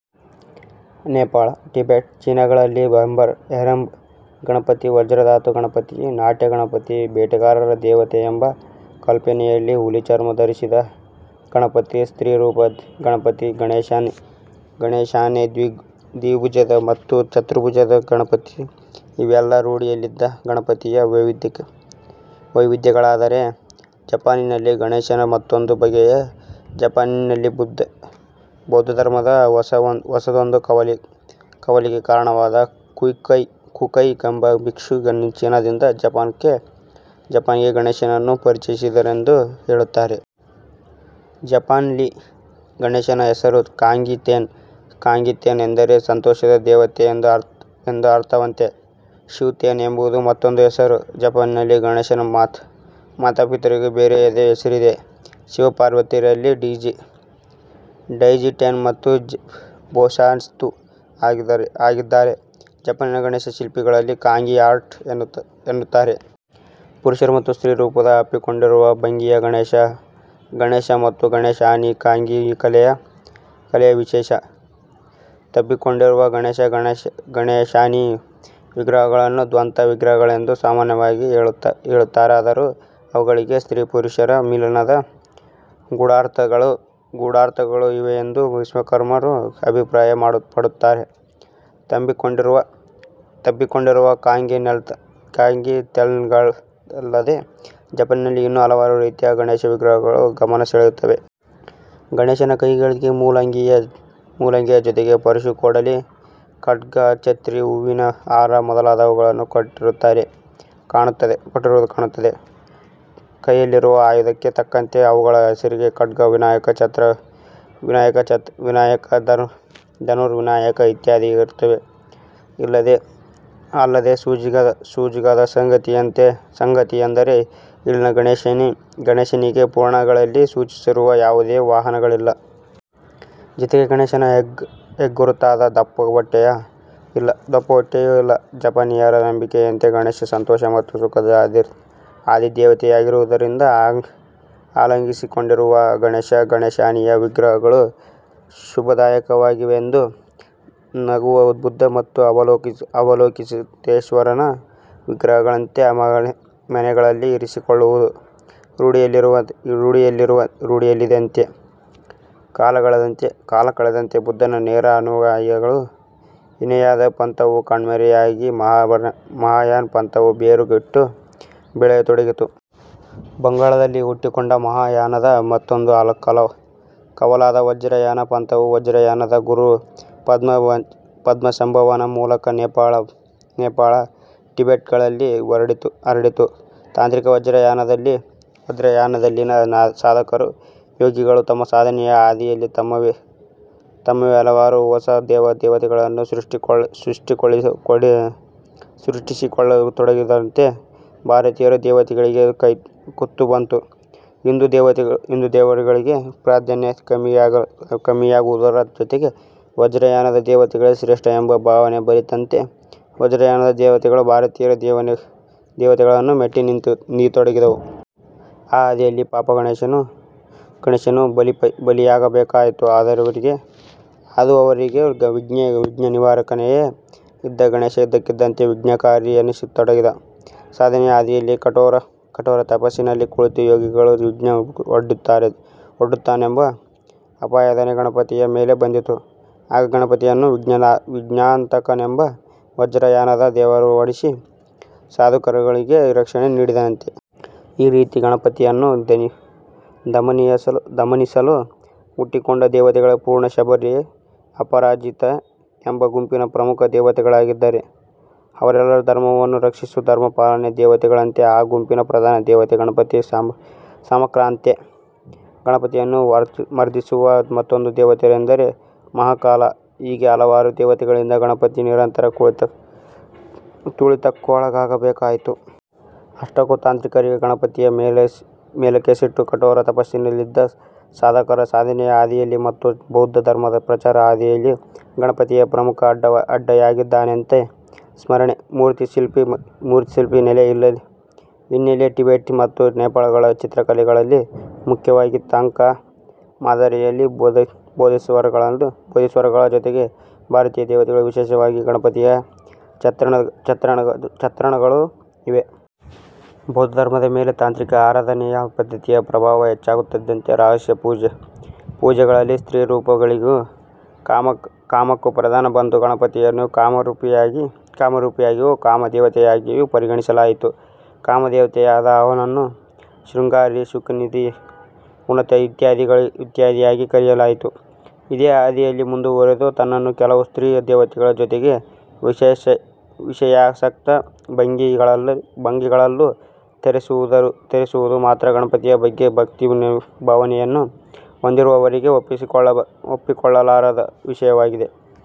Nepal, Tibet, ಚೀನಾಗಳಲ್ಲಿ ಹೇರಂಬ ಗಣಪತಿ, ವಜ್ರಧಾತು ಗಣಪತಿ, ನಾಟ್ಯ ಗಣಪತಿ, ಬೇಟೆಗಾರರ ದೇವತೆಯೆಂಬ ಕಲ್ಪನೆಯಲ್ಲಿ ಹುಲಿ ಚರ್ಮ ಧರಿಸಿದ ಗಣಪತಿ, ಸ್ತ್ರೀ ರೂಪಿ ಗಣಪತಿ ಗಣೇಶಾನಿ ದ್ವಿಭುಜದ ಮತ್ತು ಚತುರ್ಭುಜದ ಗಣಪತಿ ಇವೆಲ್ಲ ರೂಢಿಯಲ್ಲಿದ್ದ ಗಣಪತಿಯ ವೈವಿಧ್ಯಗಳಾದರೆ ಜಪಾನಿನಲ್ಲಿ ಗಣೇಶನ ಮತ್ತೊಂದೇ ಬಗೆಯಿದೆ. ಜಪಾನಿನಲ್ಲಿ ಬೌದ್ಧ ಧರ್ಮದ ಹೊಸದೊಂದು ಕವಲಿಗೆ ಕಾರಣನಾದ 'ಕುಕೈ' ಎಂಬ ಬಿಕ್ಷು ಚೀನಾದಿಂದ ಜಪಾನ್ಗೆ ಗಣೇಶನನ್ನು ಪರಿಚಯಿಸಿದನೆಂದು ಹೇಳುತ್ತಾರೆ. ಜಪಾನ್ಲ್ಲಿ ಗಣೇಶನ ಹೆಸರು ಕಾಂಗಿ-ತೆನ್. ಕಾಂಗಿ-ತೆನ್ ಎಂದರೆ ಸಂತೋಷದ ದೇವತೆ ಎಂದು ಅರ್ಥವಂತೆ. ಶೂ-ತೆನ್ ಎಂಬುದು ಮತ್ತೊಂದು ಹೆಸರು. ಜಪಾನಿನಲ್ಲಿ ಗಣೇಶನ ಮಾತಾ ಪಿತರಿಗೂ ಬೇರೆಯದೇ ಹೆಸರಿದೆ. ಶಿವ ಪಾರ್ವತಿಯರಿಲ್ಲಿ ಡೈಜಿ ಟೆನ್ ಮತ್ತು ಬೊಸಾತ್ಸು ಆಗಿದ್ದಾರೆ. ಜಪಾನಿನ ಗಣೇಶ ಶಿಲ್ಪಗಳಿಗೆ ಕಾಂಗಿ ಆರ್ಟ್ ಎನ್ನುತ್ತಾರೆ. ಪುರುಷ ಮತ್ತು ಸ್ತ್ರೀ ರೂಪದ ಅಪ್ಪಿಕೊಂಡಿರುವ ಭಂಗಿಯ ಗಣೇಶ ಗಣೇಶ ಮತ್ತು ಗಣೇಶಾನಿ ಕಾಂಗಿ ಕಲೆಯ ವಿಶೇಷ. ತಬ್ಬಿಕೊಂಡಿರುವ ಗಣೇಶ-ಗಣೇಶಾನಿ ವಿಗ್ರಹಗಳನ್ನು ದ್ವಂದ್ವ ವಿಗ್ರಹಗಳೆಂದು ಸಾಮಾನ್ಯವಾಗಿ ಹೇಳುತ್ತಾರಾದರೂ ಅವುಗಳಿಗೆ ಸ್ತ್ರೀ-ಪುರುಷರ ಮಿಲನದ ಗೂಢಾರ್ಥಗಳೂ ಇವೆಯೆಂದು ವಿಮರ್ಶಕರು ಅಭಿಪ್ರಾಯ ಪಡುತ್ತಾರೆ. ತಬ್ಬಿಕೊಂಡಿರುವ ಕಾಂಗಿ-ತೇನ್ಗಳಲ್ಲದೆ ಜಪಾನಿನಲ್ಲಿ ಇನ್ನೂ ಹಲವಾರು ರೀತಿಯ ಗಣೇಶನ ವಿಗ್ರಹಗಳು ಗಮನ ಸೆಳೆಯುತ್ತವೆ. ಗಣೇಶನ ಕೈಗಳಿಗೆ ಮೂಲಂಗಿಯ ಜೊತೆಗೆ ಪರಶುಕೊಡಲಿ, ಖಡ್ಗ, ಚತ್ರಿ, ಹೂವಿನ ಹಾರ ಮೊದಲಾದುವನ್ನು ಕೊಟ್ಟಿರುವುದು ಕಾಣುತ್ತದೆ. ಕೈಲಿರುವ ಆಯುಧಕ್ಕೆ ತಕ್ಕಂತೆ ಅವುಗಳ ಹೆಸರು ಖಡ್ಗ ವಿನಾಯಕ, ಛತ್ರ ವಿನಾಯಕ, ಧನುರ್ ವಿನಾಯಕ ಇತ್ಯಾದಿಯಾಗಿ ಇರುತ್ತದೆ. ಅಲ್ಲದೆ ಸೋಜಿಗದ ಸಂಗತಿಯೆಂದರೆ ಇಲ್ಲಿನ ಗಣೇಶನಿಗೆ ಪುರಾಣಗಳಲ್ಲಿ ಸೂಚಿಸಿರುವ ಯಾವುದೇ ವಾಹನಗಳಿಲ್ಲ. ಜೊತೆಗೆ ಗಣೇಶನ ಹೆಗ್ಗುರುತಾದ ದಪ್ಪ ಹೊಟ್ಟೆಯೇ ಇಲ್ಲ. ಜಪಾನೀಯರ ನಂಬಿಕೆಯಂತೆ ಗಣೇಶ ಸಂತೋಷ ಮತ್ತು ಸುಖದ ಅಧಿದೇವತೆಯಾಗಿರುವುದರಿಂದ ಆಲಂಗಿಸಿಕೊಂಡಿರುವ ಗಣೇಶ-ಗಣೇಶಾನಿಯ ವಿಗ್ರಹಗಳು ಶುಭದಾಯಕವೆಂದು ನಗುವ ಬುದ್ಧ ಮತ್ತು ಅವಲೋಕಿತೇಶ್ವರನ ವಿಗ್ರಹಗಳಂತೆ ಮನೆಗಳಲ್ಲಿ ಇರಿಸಿಕೊಳ್ಳುವುದು ರೂಢಿಯಲ್ಲಿದೆಯಂತೆ. ಕಾಲಕಳೆದಂತೆ ಬುದ್ಧನ ನೇರ ಅನುಯಾಯಿಗಳ ಹೀನಯಾನ ಪಂಥವು ಕಣ್ಮರೆಯಾಗಿ ಮಹಾಯಾನ ಪಂಥವು ಬೇರು ಬಿಟ್ಟು ಬೆಳೆಯತೊಡಗಿತು. ಬಂಗಾಳದಲ್ಲಿ ಹುಟ್ಟಿಕೊಂಡ ಮಹಾಯಾನದ ಮತ್ತೊಂದು ಕವಲಾದ ವಜ್ರಯಾನ ಪಂಥವು ವಜ್ರಯಾನದ ಗುರು ಪದ್ಮ ಸಂಭವನ ಮೂಲಕ ನೇಪಾಳ, ಟಿಬೆಟ್ಗಳಲ್ಲಿ ಹರಡಿತು. ತಾಂತ್ರಿಕ ವಜ್ರಯಾನದಲ್ಲಿನ ಸಾಧಕರು, ಯೋಗಿಗಳು ತಮ್ಮ ಸಾಧನೆಯ ಹಾದಿಯಲ್ಲಿ ತಮ್ಮವೇ ಹಲವಾರು ಹೊಸ ದೇವ ದೇವತೆಗಳನ್ನು ಸೃಷ್ಟಿಸಿಕೊಳ್ಳತೊಡಗಿದಂತೆ ಭಾರತೀಯ ದೇವತೆಗಳಿಗೆ ಕುತ್ತು ಬಂತು. ಹಿಂದೂ ದೇವರುಗಳಿಗೆ ಪ್ರಾಧಾನ್ಯ ಕಮ್ಮಿಯಾಗುವುದರ ಜೊತೆಗೆ ವಜ್ರಯಾನದ ದೇವತೆಗಳೇ ಶ್ರೇಷ್ಟ ಎಂಬ ಭಾವನೆ ಬಲಿತಂತೆ ವಜ್ರಯಾನದ ದೇವತೆಗಳು ಭಾರತೀಯ ದೇವತೆಗಳನ್ನು ಮೆಟ್ಟಿ ನಿತೊಡಗಿದರು. ಆ ಹಾದಿಯಲ್ಲಿ ಪಾಪ ಗಣೇಶನೂ ಬಲಿಯಾಗಬೇಕಾಯಿತು. ಅದುವರೆವಿಗೂ ವಿಘ್ನ ನಿವಾರಕನಾಗಿಯೇ ಇದ್ದ ಗಣೇಶ ಇದ್ದಕ್ಕಿದ್ದಂತೆ ವಿಘ್ನಕಾರಿ ಎನ್ನಿಸತೊಡಗಿದ. ಸಾಧನೆಯ ಹಾದಿಯಲ್ಲಿ ಕಠೋರ ತಪಸ್ಸಿನಲ್ಲಿ ಕುಳಿತ ಯೋಗಿಗಳಿಗೆ ವಿಘ್ನ ಒಡ್ದುತ್ತಾನೆಂಬ ಆಪಾದನೆ ಗಣಪತಿಯ ಮೇಲೆ ಬಂದಿತು. ಆಗ ಗಣಪತಿಯನ್ನು ವಿಘ್ನಾಂತಕನೆಂಬ ವಜ್ರಯಾನದ ದೇವರು ಓಡಿಸಿ ಸಾಧಕರುಗಳಿಗೆ ರಕ್ಷಣೆ ನೀಡಿದನಂತೆ. ಈ ರೀತಿ ಗಣಪತಿಯನ್ನು ದಮನಿಸಲು ಹುಟ್ಟಿಕೊಂಡ ದೇವತೆಗಳಲ್ಲಿ ಪರ್ಣ ಶಬರಿ, ಅಪರಾಜಿತೆ ಎಂಬ ಗುಂಪಿನ ಪ್ರಮುಖ ದೇವತೆಗಳಿದ್ದಾರೆ. ಅವರೆಲ್ಲ ಧರ್ಮವನ್ನು ರಕ್ಷಿಸುವ "ಧರ್ಮಪಾಲ" ದೇವತೆಗಳಂತೆ ಆ ಗುಂಪಿನ ಪ್ರಧಾನ ದೇವತೆ 'ಗಣಪತಿ ಸಮಾಕ್ರಾಂತೆ'. ಗಣಪತಿಯನ್ನು ಮರ್ದಿಸುವ ಮತ್ತೊಂದು ದೇವತೆಯೆಂದರೆ 'ಮಹಾಕಾಲ' ಹೀಗೆ ಹಲವಾರು ದೇವತೆಗಳಿಂದ ಗಣಪತಿ ನಿರಂತರ ತುಳಿತಕ್ಕೊಳಗಾಗಬೇಕಾಯಿತು. ಅಷ್ಟಕ್ಕೂ ತಾಂತ್ರಿಕರಿಗೆ ಗಣಪತಿಯ ಮೇಲೇಕೆ ಸಿಟ್ಟು? ಕಠೋರ ತಪಸ್ಸಿನಲ್ಲಿದ್ದ ಸಾಧಕರ ಸಾಧನೆಯ ಹಾದಿಯಲ್ಲಿ ಮತ್ತು ಬೌದ್ಧ ಧರ್ಮದ ಪ್ರಚಾರದ ಹಾದಿಯಲ್ಲಿ ಗಣಪತಿಯೇ ಪ್ರಮುಖ ಅಡ್ಡಿಯಾಗಿದ್ದಾನಂತೆ ಸ್ಮರಣೆ, ಮೂರ್ತಿಶಿಲ್ಪ ನೆಲೆ ಹಿನ್ನೆಲೆ ಟಿಬೆಟ್ ಮತ್ತು ನೇಪಾಳಗಳ ಚಿತ್ರಕಲೆಗಳಲ್ಲಿ ಮುಖ್ಯವಾಗಿ ತಂಕಾ ಮಾದರಿಯಲ್ಲಿ ಬೋಧಿಸತ್ವರುಗಳ ಜೊತೆಗೆ ಭಾರತೀಯ ದೇವತೆಗಳ ವಿಶೇಷವಾಗಿ ಗಣಪತಿಯ ಚಿತ್ರಣಗಳೂ ಇವೆ. ಬೌದ್ಧ ಧರ್ಮದ ಮೇಲೆ ತಾಂತ್ರಿಕ ಆರಾಧನೆಯ ಪದ್ಧತಿಯ ಪ್ರಭಾವ ಹೆಚ್ಚಾಗುತ್ತಿದ್ದಂತೆ ರಹಸ್ಯ ಪೂಜೆಗಳಲ್ಲಿ'ಸ್ತ್ರೀರೂಪ'ಗಳಿಗೂ'ಕಾಮ'ಕ್ಕೂ ಪ್ರಾಧಾನ್ಯ ಬಂದು ಗಣಪತಿಯನ್ನು ಕಾಮರೂಪಿಯಾಗಿಯೂ, ಕಾಮ ದೇವತೆಯಾಗಿಯೂ ಪರಿಗಣಿಸಲಾಯಿತು. ಕಾಮದೇವತೆಯಾದ ಅವನನ್ನು ಶೃಂಗಾರಿ, ಸುಖನಿಧಿ, ಉನ್ಮತ್ತ ಇತ್ಯಾದಿಯಾಗಿ ಕರೆಯಲಾಯಿತು. ಇದೇ ಹಾದಿಯಲ್ಲಿ ಮುಂದುವರೆದು ಆತನನ್ನು ಕೆಲವು ಸ್ತ್ರೀ ದೇವತೆಗಳ ಜೊತೆಗೆ 'ವಿಷಯಾಸಕ್ತ ಭಂಗಿ'ಗಳಲ್ಲೂ ತೋರಿಸಿರುವುದು ಮಾತ್ರಾ ಗಣಪತಿಯ ಬಗ್ಗೆ ಭಕ್ತಿ ಭಾವನೆಯನ್ನು ಹೊಂದಿರುವವರಿಗೆ ಒಪ್ಪಿಕೊಳ್ಳಲಾರದ ವಿಷಯವಾಗಿದೆ.